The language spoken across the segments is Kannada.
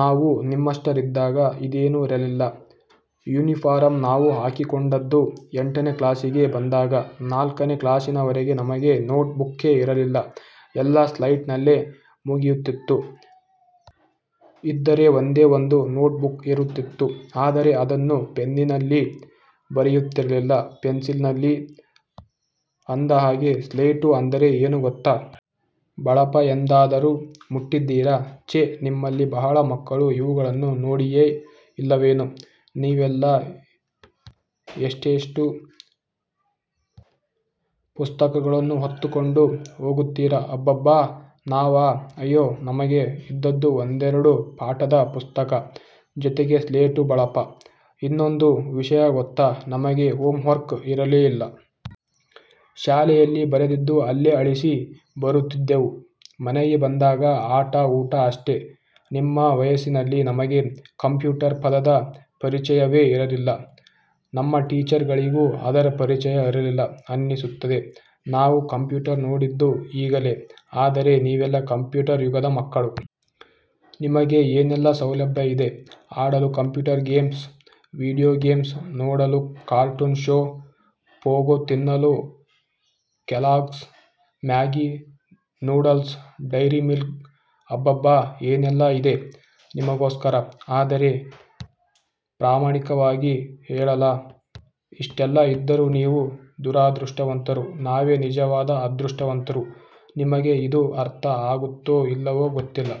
ನಾವು ನಿಮ್ಮಷ್ಟರಿದ್ದಾಗ ಇದೇನು ಇರಲಿಲ್ಲ. ಯೂನಿಫಾರಮ್ ನಾವು ಹಾಕಿಕೊಂಡದ್ದು ಎಂಟನೆ ಕ್ಲಾಸಿಗೆ ಬಂದಾಗ, ನಾಲ್ಕನೇ ಕ್ಲಾಸಿನವರಗೆ ನಮಗೆ ನೋಟ್ ಬುಕ್ಕೇ ಇರಲಿಲ್ಲ. ಎಲ್ಲಾ ಸ್ಲೇಟ್ ನಲ್ಲೇ ಮುಗಿಯುತಿತ್ತು. ಇದ್ದರೆ ಒಂದೇ ಒಂದು ನೋಟ್ ಬುಕ್ ಇರುತಿತ್ತು. ಆದರೆ ಅದನ್ನು ಪೆನ್ನಿನಲ್ಲಿ ಬರೆಯುತ್ತಿರಲಿಲ್ಲ, ಪೆನ್ಸಿಲಿನಲ್ಲಿ. ಅಂದಹಾಗೆ ಸ್ಲೇಟು ಅಂದರೆ ಏನು ಗೊತ್ತಾ? ಬಳಪ ಎಂದಾದರು ಮುಟ್ಟಿದ್ದೀರಾ? ಛೇ ನಿಮ್ಮಲ್ಲಿ ಬಹಳ ಮಕ್ಕಳು ಇವುಗಳನ್ನು ನೋಡಿಯೇ ಇಲ್ಲವೇನೊ? ನೀವೆಲ್ಲಾ ಎಷ್ಟೆಷ್ಟು ಪುಸ್ತಕಗಳನ್ನು ಹೊತ್ತಿಕೊಂಡು ಹೋಗುತ್ತೀರಾ, ಅಬ್ಬಬ್ಬಾ! ನಾವಾ ಅಯ್ಯೋ, ನಮಗೆ ಇದ್ದದ್ದು ಒಂದೆರಡು ಪಾಠದ ಪುಸ್ತಕ ಜೊತೆಗೆ ಸ್ಲೇಟು ಬಳಪ. ಇನ್ನೊಂದು ವಿಷಯ ಗೊತ್ತ ನಮಗೆ ಹೋಮ್ ವರ್ಕ್ ಇರಲೇ ಇಲ್ಲ. ಶಾಲೆಯಲ್ಲಿ ಬರೆದಿದ್ದು ಅಲ್ಲೆ ಅಳಿಸಿ ಬರುತ್ತಿದ್ದೆವು. ಮನೆಗೆ ಬಂದಾಗ ಆಟ ಊಟ ಅಷ್ಟೆ. ನಿಮ್ಮ ವಯಸ್ಸಿನಲ್ಲಿ ನಮಗೆ 'ಕಂಪ್ಯೂಟರ್' ಪದದ ಪರಿಚಯವೇ ಇರಲಿಲ್ಲ. ನಮ್ಮ ಟೀಚರ್ ಗಳಿಗೂ ಅದರ ಪರಿಚಯ ಇರಲಿಲ್ಲ ಅನ್ನಿಸುತ್ತೆ. ನಾವು ಕಂಪ್ಯೂಟರ್ ನೋಡಿದ್ದು ಈಗಲೇ. ಆದರೆ ನೀವೆಲ್ಲ ಕಂಪ್ಯೂಟರ್ ಯುಗದ ಮಕ್ಕಳು. ನಿಮಗೆ ಏನೆಲ್ಲಾ ಸೌಲಭ್ಯ ಇದೆ. ಆಡಲು ಕಂಪ್ಯೂಟರ್ ಗೇಮ್ಸ್, ವೀಡಿಯೋ ಗೇಮ್ಸ್, ನೋಡಲು ಕಾರ್ಟೂನ್ ಶೊ, ಪೋಗೊ, ತಿನ್ನಲು ಕೆಲಾಗ್ಸ್, ಮ್ಯಾಗಿ ನೂಡಲ್ಸ್, ಡೈರಿ ಮಿಲ್ಕ್ಅಬ್ಬಬ್ಬಾ, ಏನೆಲ್ಲಾ ಇದೆ 'ನಿಮಗೋಸ್ಕರ'? ಆದರೆ ಪ್ರಾಮಾಣಿಕವಾಗಿ ಹೇಳಲಾ? ಇಷ್ಟೆಲ್ಲಾ ಇದ್ದರು ನೀವು ದುರಾದೃಷ್ಟವಂತರು ನಾವೆ ನಿಜವಾದ ಅದೃಷ್ಟವಂತರು. ನಿಮಗೆ ಇದು ಅರ್ಥ ಆಗುತ್ತೋ ಇಲ್ಲವೋ ಗೊತ್ತಿಲ್ಲ.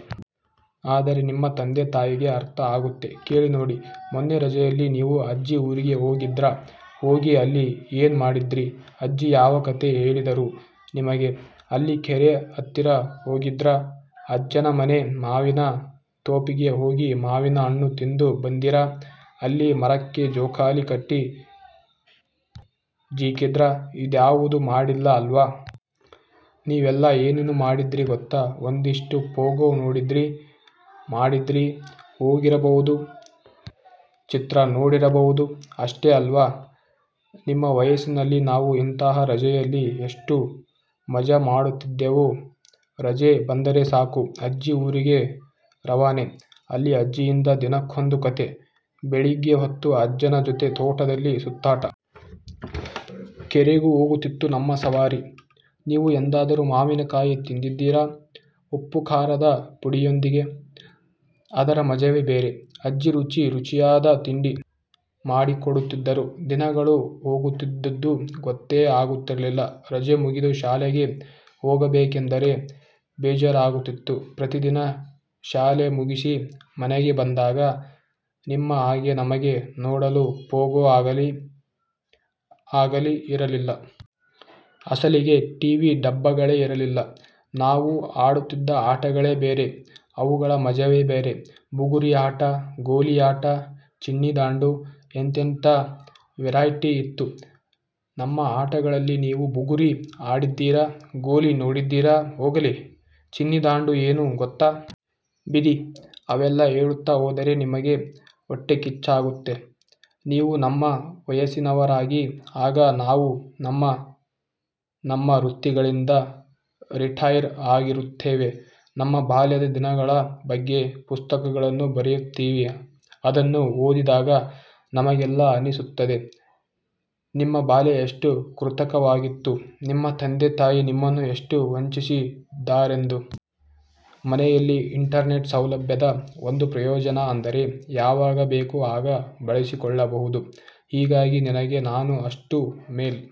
ಆದರೆ ನಿಮ್ಮ ತಂದೆ-ತಾಯಿಗೆ ಅರ್ಥ ಆಗುತ್ತೆ, ಕೇಳಿ ನೋಡಿ. ಮೊನ್ನೆ ರಜೆಯಲ್ಲಿ ನೀವು ಅಜ್ಜಿ ಊರಿಗೆ ಹೋಗಿದ್ರಾ? ಹೋಗಿ ಅಲ್ಲಿ ಏನ್ ಮಾಡಿದ್ರಿ? ಅಜ್ಜಿ ಯಾವ ಕತೆ ಹೇಳಿದರು ನಿಮಗೆ? ಅಲ್ಲಿ ಕೆರೆ ಹತ್ತಿರ ಹೋಗಿದ್ರಾ? ಅಜ್ಜನ ಜತೆ ಮಾವಿನ ತೋಪಿಗೆ ಹೋಗಿ ಮಾವಿನ ಹಣ್ಣು ತಿಂದು ಬಂದಿರಾ ಅಲ್ಲಿ ಮರಕ್ಕೆ ಜೋಕಾಲಿ ಕಟ್ಟಿ ಜೀಕಿದ್ರಾ ಇದ್ಯಾವುದು ಮಾಡಿಲ್ಲ ಅಲ್ವಾ? ನೀವೆಲ್ಲ ಏನೇನು ಮಾಡಿದ್ರಿ ಗೊತ್ತು. ಒಂದಿಷ್ಟು ಪೊಗೊ ನೋಡಿದ್ರಿ, ಮಾಡಿದ್ರಿ, ಹೋಗಿರಬಹುದು, ಚಿತ್ರ ನೋಡಿರಬಹುದು. ಅಷ್ಟೆ ಅಲ್ವಾ ನಿಮ್ಮ ವಯಸ್ಸಿನಲ್ಲಿ ನಾವು ಇಂತಹ ರಜೆಯಲ್ಲಿ ಎಷ್ಟು ಮಜಾ ಮಾಡುತ್ತಿದ್ದೆವು. ರಜೆ ಬಂದರೆ ಸಾಕು, ಅಜ್ಜಿ ಊರಿಗೆ ರವಾನೆ. ಅಲ್ಲಿ ಅಜ್ಜಿಯಿಂದ ದಿನಕ್ಕೊಂದು ಕತೆ. ಬೆಳಿಗ್ಗೆ ಹೊತ್ತು ಅಜ್ಜನ ಜೊತೆ ತೋಟದಲ್ಲಿ ಸುತ್ತಾಟ. ಕೆರೆಗೂ ಹೋಗುತಿತ್ತು ನಮ್ಮ ಸವಾರಿ. ನೀವು ಎಂದಾದರು ಮಾವಿನ ಕಾಯಿ ತಿಂದಿದ್ದೀರಾ, ಉಪ್ಪು ಖಾರದ ಪುಡಿಯೊಂದಿಗೆ? ಅದರ ಮಜವೇ ಬೇರೆ. ಅಜ್ಜಿ ರುಚಿ ರುಚಿಯಾದ ತಿಂಡಿ ಮಾಡಿಕೊಡುತ್ತಿದ್ದರು. ದಿನಗಳು ಹೋಗುತ್ತಿದ್ದದ್ದು ಗೊತ್ತೇ ಆಗುತ್ತಿರಲಿಲ್ಲ. ರಜೆ ಮುಗಿದು ಶಾಲೆಗೆ ಹೋಗಬೇಕೆಂದರೇ ಬೇಜಾರಾಗುತಿತ್ತು. ಪ್ರತಿದಿನ ಶಾಲೆ ಮುಗಿಸಿ ಮನೆಗೆ ಬಂದಾಗ ನಿಮ್ಮ ಹಾಗೆ ನಮಗೆ ನೋಡಲು ಪೊಗೊ ಆಗಲಿ, ಆಗಲಿ ಇರಲಿಲ್ಲ. ಅಸಲಿಗೆ ಟಿ ವಿ ಡಬ್ಬಗಳೇ ಇರಲಿಲ್ಲ. ನಾವು ಆಡುತ್ತಿದ್ದ ಆಟಗಳೇ ಬೇರೆ ಅವುಗಳ ಮಜವೇ ಬೇರೆ. ಬುಗುರಿ ಆಟ, ಗೋಲಿ ಆಟ, ಚಿಣ್ಣಿ ದಾಂಡು. ಎಂತೆಂಥಾ ವೆರೈಟಿ ಇತ್ತು ನಮ್ಮ ಆಟಗಳಲ್ಲಿ ನೀವು ಬುಗುರಿ ಆಡಿದ್ದೀರಾ? ಗೋಲಿ ನೋಡಿದ್ದೀರಾ? ಹೋಗಲಿ, ಚಿನ್ನಿ ದಾಂಡು ಏನು ಗೊತ್ತಾ? ಬಿಡಿ, ಅವೆಲ್ಲಾ ಹೇಳುತ್ತಾ ಹೋದರೆ ನಿಮಗೆ ಹೋಟ್ಟೆಕಿಚ್ಚಾಗುತ್ತೆ. ನೀವೂ ನಮ್ಮ ವಯಸ್ಸಿನವರಾಗಿ. ಆಗ ನಾವು ನಮ್ಮ ನಮ್ಮ ವೃತ್ತಿಗಳಿಂದ ರಿಟೈರ್ ಆಗಿರುತ್ತೇವೆ. ನಮ್ಮ ಬಾಲ್ಯದ ದಿನಗಳ ಬಗ್ಗೆ ಪುಸ್ತಕಗಳನ್ನು ಬರೆಯುತ್ತೀವಿ ಅದನ್ನು ಓದಿದಾಗ ನಿಮಗೆಲ್ಲಾ ಅನ್ನಿಸುತ್ತೆ, ನಿಮ್ಮ ಬಾಲ್ಯ ಎಷ್ಟು ಕೃತಕವಾಗಿತ್ತು, ನಿಮ್ಮ ತಂದೆ ತಾಯಿ ನಿಮ್ಮನ್ನು ಎಷ್ಟು 'ವಂಚಿಸಿ'ದ್ದಾರೆಂದು! ಮನೆಯಲ್ಲಿ ಇಂಟರ್ನೆಟ್ ಸೌಲಭ್ಯದ ಒಂದು ಪ್ರಯೋಜನ ಅಂದರೆ ಯಾವಾಗ ಬೇಕು ಆಗ ಬಳಸಿಕೊಳ್ಳಬಹುದು. ಹೀಗಾಗಿ ನಿನಗೆ ನಾನು ಅಷ್ಟು ಮೇಲ್